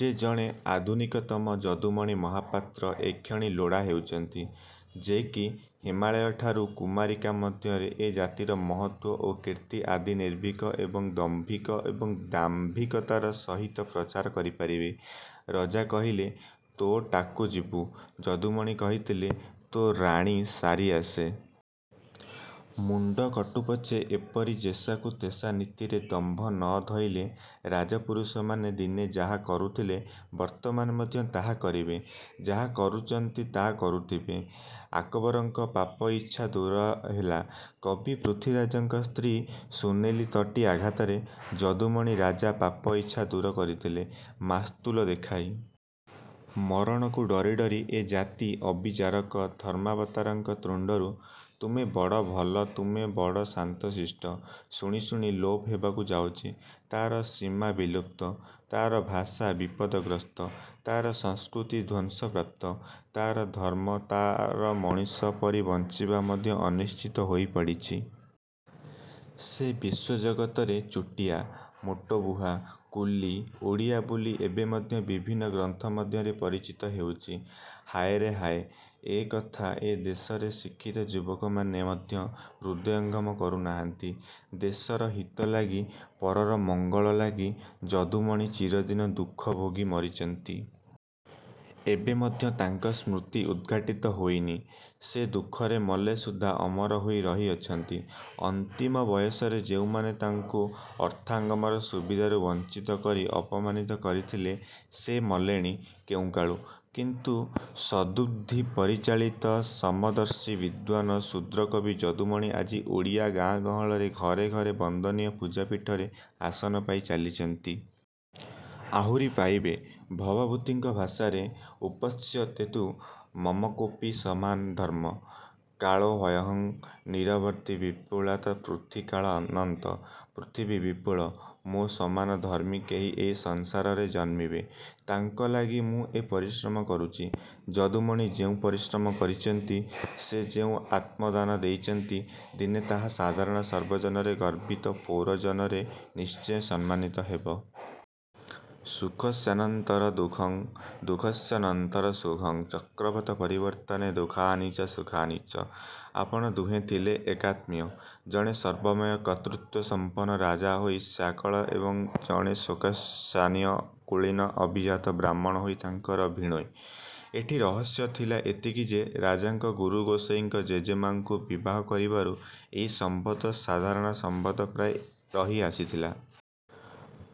ଯେ ଜଣେ ଆଧୁନିକତମ ଯଦୁମଣି ମହାପାତ୍ର ଏକ୍ଷଣି ଲୋଡ଼ା ହେଉଛନ୍ତି-ଯେ କି ହିମାଳୟଠାରୁ କୁମାରିକା ମଧ୍ୟରେ ଏ ଜାତିର ମହତ୍ୱ ଓ କୀର୍ତ୍ତି ଆଦି ନିର୍ଭୀକ ଏବଂ ଦମ୍ଭୀକ ଏବଂ ଦାମ୍ଭୀକତାର ସହିତ ପ୍ରଚାର କରିପାରିବେ। ରଜା କହିଲେ 'ତୋ' ଟାକୁ ଯିବୁ-ଯଦୁମଣି କହିଥିଲେ-'ତୋ ରାଣୀ' ସାରି ଆସେ। ମୁଣ୍ଡ କଟୁପଛେ ଏପରି ଯେସାକୁ ତେସା ନୀତିରେ ଦମ୍ଭ ନ ଧଇଲେ, ରାଜପୁରୁଷମାନେ ଦିନେ ଯାହା କରୁଥିଲେ ବର୍ତ୍ତମାନ ମଧ୍ୟ ତା କରିବେ। ଯାହା କରୁଛନ୍ତି ତା କରୁଥିବେ। ଆକବରଙ୍କ ପାପ ଇଚ୍ଛା ଦୂରହେଲା, କବି ପୃଥ୍ୱୀରାଜଙ୍କ ସ୍ତ୍ରୀଙ୍କ ସୁନେଲି ତଟି ଆଘାତରେ। ଯଦୁମଣି ରାଜା ପାପ ଇଚ୍ଛା ଦୂର କରିଥିଲେ- ମାସ୍ତୁଲ ଦେଖାଇ। ମରଣକୁ ଡରି ଡରି ଏ ଜାତି ଅବିଚାରକ ଧର୍ମାବତାରଙ୍କ ତୁଣ୍ଡରୁ 'ତୁମେ ବଡ଼ ଭଲ, ତୁମେ ବଡ଼ ଶାନ୍ତ ଶିଷ୍ଟ' ଶୁଣି ଶୁଣି ଲୋପ ହେବାକୁ ଯାଉଛି। ତାର ସୀମା ବିଲୁପ୍ତ, ତାର ଭାଷା ବିପଦଗ୍ରସ୍ତ, ତାର ସଂସ୍କୃତି ଧ୍ୱଂସପ୍ରାପ୍ତ, ତାର ଧର୍ମ୍ମ, ତାର ମଣିଷ ପରି ବଞ୍ଚିବା ମଧ୍ୟ ଅନିଶ୍ଚିତ ହୋଇପଡ଼ିଛି। ସେ ବିଶ୍ୱଜଗତରେ ଚୁଟିଆ, ମୋଟବୁହା, କୁଲି ଓଡ଼ିଆ ବୋଲି ଏବେ ମଧ୍ୟ ବିଭିନ୍ନ ଗ୍ରନ୍ଥ ମଧ୍ୟରେ ପରିଚିତ ହେଉଛି। ହାୟରେ ହାୟ, ଏ କଥା ଏ ଦେଶର ଶିକ୍ଷତ ଯୁବକମାନେ ମଧ୍ୟ ହୃଦୟଙ୍ଗମ କରୁନାହାନ୍ତି-। ଦେଶର ହିତ ଲାଗି, ପରର ମଙ୍ଗଳ ଲାଗି ଯଦୁମଣି ଚିରଦିନ ଦୁଃଖ ଭୋଗି ମରିଛନ୍ତି-। ଏବେ ମଧ୍ୟ ତାଙ୍କ ସ୍କୃତି ଉଦ୍ଘାଟିତ ହୋଇନି। ସେ ଦୁଃଖରେ ମଲେ ସୁଦ୍ଧା ଅମର ହୋଇ ରହିଅଛନ୍ତି। ଅନ୍ତିମ ବୟସରେ ଯେଉଁମାନେ ତାଙ୍କୁ ଅର୍ଥାଗମର ସୁବିଧାରୁ ବଞ୍ଚିତ କରି ଅପମାନିତ କରିଥିଲେ, ସେ ମଲେଣି କେଉଁକାଳୁ, କିନ୍ତୁ ସଦ୍ବୁଦ୍ଧି ପରିଚାଳିତ ସମଦର୍ଶୀ ବିଦ୍ୱାନ ଶୁଦ୍ରକବି ଯଦୁମଣି ଆଜି ଓଡ଼ିଆ ଗାଁ ଗହଳରେ ଘରେ ଘରେ ବନ୍ଦନୀୟ ପୂଜାପୀଠରେ ଆସନ ପାଇ ଚାଲିଛନ୍ତି। ଆହୁରି ପାଇବେ। ଭବଭୂତିଙ୍କ ଭାଷାରେ- ଉପତ୍ସ୍ୟତେତୁ ମମକୋପି ସମାନ ଧର୍ମ୍ମ। କାଳୋ ହ୍ୟୟଂ ନିରବଧିର୍ବିପୂଳା ତ ପୃଥ୍ୱୀ କାଳ ଅନନ୍ତ, ପୃଥିବୀ ବିପୁଳ, ମୋ ସମାନ ଧର୍ମ୍ମୀ କେହି ଏହି ସଂସାରରେ ଜନ୍ମିବେ। ତାଙ୍କ ଲାଗି ମୁଁ ଏ ପରିଶ୍ରମ କରୁଛି। ଯଦୁମଣି ଯେଉଁ ପରିଶ୍ରମ କରିଛନ୍ତି, ସେ ଯେଉଁ ଆତ୍ମଦାନ ଦେଇଛନ୍ତି, ଦିନେ ତାହା ସାଧାରଣ ସର୍ବଜନରେ ଗର୍ବିତ ପୌରଜନରେ ନିଶ୍ଚୟ ସମ୍ମାନିତ ହେବ। ସୁଖସ୍ୟାନନ୍ତରଂ ଦୁଃଖଂ ଦୁଃଖସ୍ୟ ନନ୍ତରଂ ସୁଖଂ ଚକ୍ରବତ୍ ପରିବର୍ତ୍ତନେ ଦୁଃଖାନି ଚ ସୁଖାନି ଚ। ଆପଣ ଦୁହେଁ ଥିଲେ ଏକାତ୍ମୀୟ। ଜଣେ ସର୍ବମୟ କର୍ତ୍ତୃତ୍ୱସଂପନ୍ନ ରାଜା ହୋଇ ଶ୍ୟାଳକ ଏବଂ ଜଣେ କୌତ୍ସସାନ୍ୱୟ କୁଳୀନ ଅଭିଜାତ ବ୍ରାହ୍ମଣ ହୋଇ ତାଙ୍କର ଭିଣୋଇଁ। ଏଠି ରହସ୍ୟ ଥିଲା ଏତିକି ଯେ ରାଜାଙ୍କ ଗୁରୁଗୋସେଇଁଙ୍କ ଜେମାଙ୍କୁ ବିବାହକରିବାରୁ ଏହି ସମ୍ବନ୍ଧ ସାଧାରଣ ସମ୍ବନ୍ଧ ପ୍ରାୟ ରହି ଆସିଥିଲା।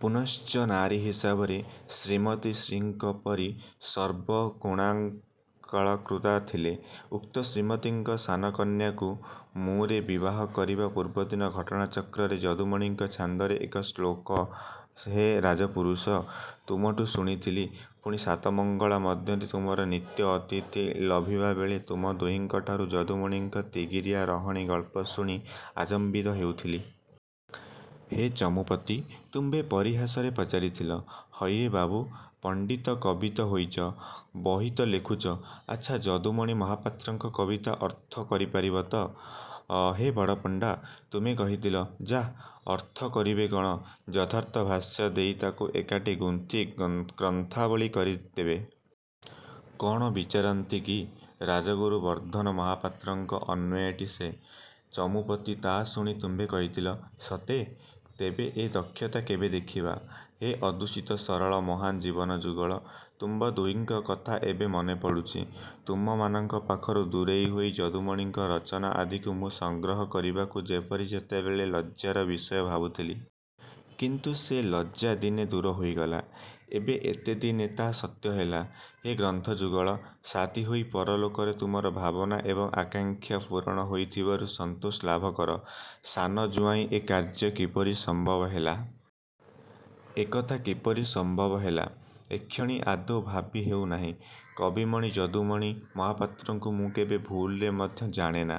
ପୁନଶ୍ଚ ନାରୀ ହିସାବରେ 'ଶ୍ରୀମତୀ' ଶ୍ରୀଙ୍କ ପରି ସର୍ବଗୁଣାଳଂକୃତା ଥିଲେ। ଉକ୍ତ ଶ୍ରୀମତୀଙ୍କ ସାନ କନ୍ୟାଙ୍କୁ ମୁଁ ରେ ବିବାହ କରିବା ପୂର୍ବଦିନ ଘଟଣାଚକ୍ରରେ ଯଦୁମଣିଙ୍କ ଛାନ୍ଦର ଏକ ଶ୍ଲୋକ ହେ ରାଜପୁରୁଷ! ତୁମଠୁ ଶୁଣିଥିଲି; ପୁଣି ସାତ ମଙ୍ଗଳା ମଧ୍ୟରେ ତୁମର ନିତ୍ୟ ଅତିଥ୍ୟ ଲଭିବାବେଳେ ତୁମ ଦୁହିଁଙ୍କଠାରୁ ଯଦୁମଣିଙ୍କ ତିଗିରିଆ ରହଣି ଗଳ୍ପ ଶୁଣି ଆଚମ୍ବିତ ହେଉଥିଲି। ହେ ଚମୁପତି! ତୁମ୍ଭେ ପରିହାସରେ ପଚାରିଥିଲ- 'ହଇହେ ବାବୁ! ପଣ୍ଡିତ, କବି ତ ହୋଇଛ; ବହି ତ ଲେଖୁଛ, ଆଚ୍ଛା ଯଦୁମଣି ମାହାପତ୍ରଙ୍କ କବିତା ଅର୍ଥ କରିପାରିବତ? ହେ ବଡ଼ପଣ୍ଡା! ତୁମ୍ଭେ କହିଥିଲ-'ଯାଃ, ଅର୍ଥ କରିବେ କ'ଣ, ଯଥାର୍ଥ ଭାଷ୍ୟ ଦେଇ ତାକୁ ଏକାଠି ଗୁନ୍ଥି ଗ୍ରନ୍ଥାବଳୀ କରିଦେବେ। କ'ଣ ବିଚାରିଛନ୍ତି କି? ରାଜଗୁରୁ ବର୍ଦ୍ଧନ ମହାପାତ୍ରଙ୍କ ଅନ୍ୱୟଟି ସେ? ' ଚମୂପତି, ତା'ଶୁଣି ତୁମ୍ଭେ କହିଥିଲ-'ସତେ! ତେବେ ଏ ଦକ୍ଷତା କେବେ ଦେଖିବା? ' ହେ ଅଦୂଷିତ ସରଳ ମହାନ ଜୀବନ ଯୁଗଳ! ତୁମ ଦୁହିଙ୍କ କଥା ଏବେ ମନେ ପଡ଼ୁଛି। ତୁମମାନଙ୍କ ପାଖରୁ ଦୂରେଇ ହୋଇ ଯଦୁମଣିଙ୍କ ରଚନା ଆଦିକୁ ମୁଁ ସଂଗ୍ରହ କରିବାକୁ ଯେପରି ସେତେବେଳେ ଲଜ୍ଜାର ବିଷୟ ଭାବୁଥିଲି। କିନ୍ତୁ ସେ ଲଜ୍ଜା ଦିନେ ଦୂର ହୋଇଗଲା। ଏବେ ଏତେ ଦିନେ ତା ସତ୍ୟ ହେଲା। ହେ ଗ୍ରନ୍ଥ ଯୁଗଳ! ସାଥି ହୋଇ ପରଲୋକରେ ତୁମର ଭାବନା ଏବଂ ଆକାଙ୍କ୍ଷା ପୂରଣ ହୋଇଥିବାରୁ ସନ୍ତୋଷ ଲାଭ କର। ସାନ ଜୁଆଁଇ ଏ କାର୍ଯ୍ୟ କିପରି ସମ୍ଭବ ହେଲା? ଏକଥା କିପରି ସମ୍ଭବ ହେଲା, ଏକ୍ଷଣି ଆଦୌ ଭାବି ହେଉ ନାହିଁ। କବିମଣି ଯଦୁମଣି ମହାପାତ୍ରଙ୍କୁ ମୁଁ କେବେ ଭୁଲରେ ମଧ୍ୟ ଜାଣେନା।